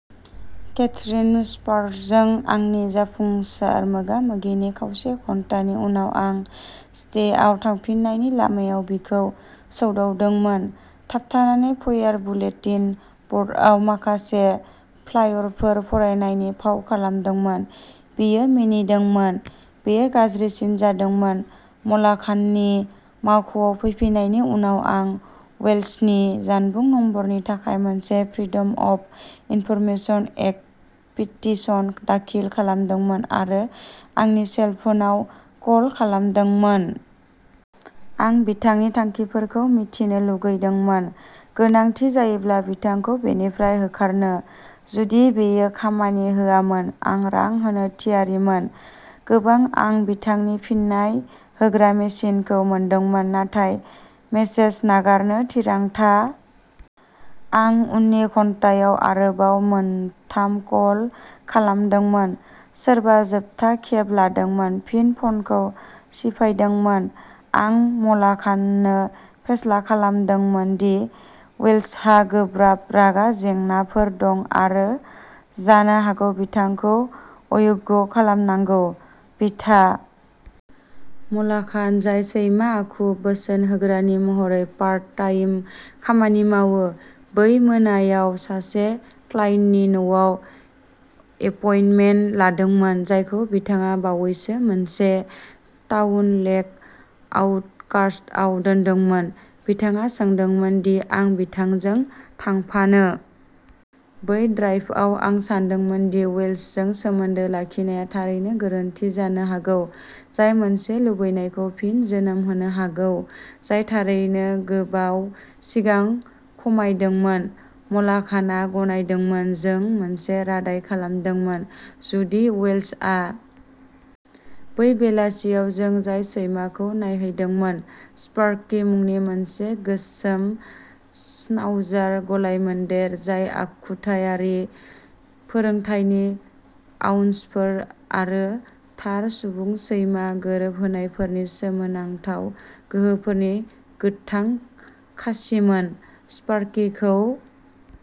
Catherine स्पार्पजों आंनि जाफुंसार मोगा-मोगिनि खावसे घन्टानि उनाव, आं स्ट्रे आव थांफिन्नायनि लामायाव बिखौ सौदावदोंमोन। थाबथानानै फयार बुलेटिन ब'र्डआव माखासे फ्लायरफोर फरायनायनि फाव खालामदोंमोन। बियो मिनिदोंमोन। बेयो गाज्रिसिन जादोंमोन। म'लाघाननि मावख'आव फैफिन्नायनि उनाव, आं वेल्चनि जानबुं नम्बरनि थाखाय मोनसे freedom of information act petition दाखिल खालामदोंमोन आरो आंनि सेलफोनआव कल खालामदोंमोन। आं बिथांनि थांखिफोरखौ मिथिनो लुगैदोंमोन, गोनांथि जायोब्ला बिथांखौ बेनिफ्राय होखारनो। जुदि बेयो खामानि होआमोन, आं रां होनो थियारिमोन। गोबां। आं बिथांनि फिन्नाय होग्रा मेसिनखौ मोनदोंमोन नाथाय मेसेज नागारनो थिरांथा लायाखैमोन। बेयो, माखासे जाहोननि थाखाय, आंखौ जोबोद गोमोथाव मोनदोंमोन। आं उननि घन्टायाव आरोबाव मोनथाम कल खालामदोंमोन। सोरबा जोबथा खेब लादोंमोन, फिन फनखौ सिफायदोंमोन। आं म'लाघाननो फेस्ला खालामदोंमोन दि वेल्चहा गोब्राब रागा जेंनाफोर दं आरो जानो हागौ बिथांखौ अयोग्य खालामनांगौ। बिथाङा मिनिदोंमोन। बायदि बायदि। म'लाघान, जाय सैमा-आखु बोसोन होग्रानि महरै पार्ट टाइम खामानि मावो, बै मोनायाव सासे क्लाइन्टनि न'आव एपइन्टमेन्ट लादोंमोन। जायखौ बिथाङा बावैसो मोनसे टाउन लेक आउटकास्टआव दोनदोंमोन। बिथाङा सोंदोंमोन दि आं बिथांजों थांफानो लुबैदों नामा। बै ड्राइभआव आं सानदोंमोन दि वेल्चजों सोमोन्दो लाखिनाया थारै गोरोन्थि जानो हागौ, जाय मोनसे लुबैनायखौ फिन जोनोम होनो हागौ जाय थारैनो गोबाव सिगां खमायदोंमोन। म'लाघाना गनायदोंमोन। जों मोनसे रादाइ खालामदोंमोन। जुदि वेल्चआ लिंहरदोंमोन, अब्ला बियो आंखौ सोमोन्दो खालामगोन, आरो फिन आं बिखौ नायनो थांनो हागोन। बै बेलासियाव जों जाय सैमाखौ नायहैदोंमोन, स्पार्कि मुंनि मोनसे गोसोम श्नाउजार गलायमोन्देर, जाय आखुयारि फोरोंथायनि आउन्सफोर आरो थार सुबुं-सैमा गोरोबहोनायफोरनि सोमोनांथाव गोहोफोरनि गोथां साखिमोन। स्पार्किखौ दानथाम सिगां टाउन लेक ड्रप-अफ बक्सआव दोनदोंमोन। खोला अस्टिननि बबेयावबा मोनसे नागारजानाय एपार्टमेन्ट कमप्लेक्सआव लानाय नुनो मोनो, स्पार्किनि ड्रप-अफ इनफ'शीटआव खालि लिरनाय दंमोन, "मोनसे खथायाव मोन्नाय।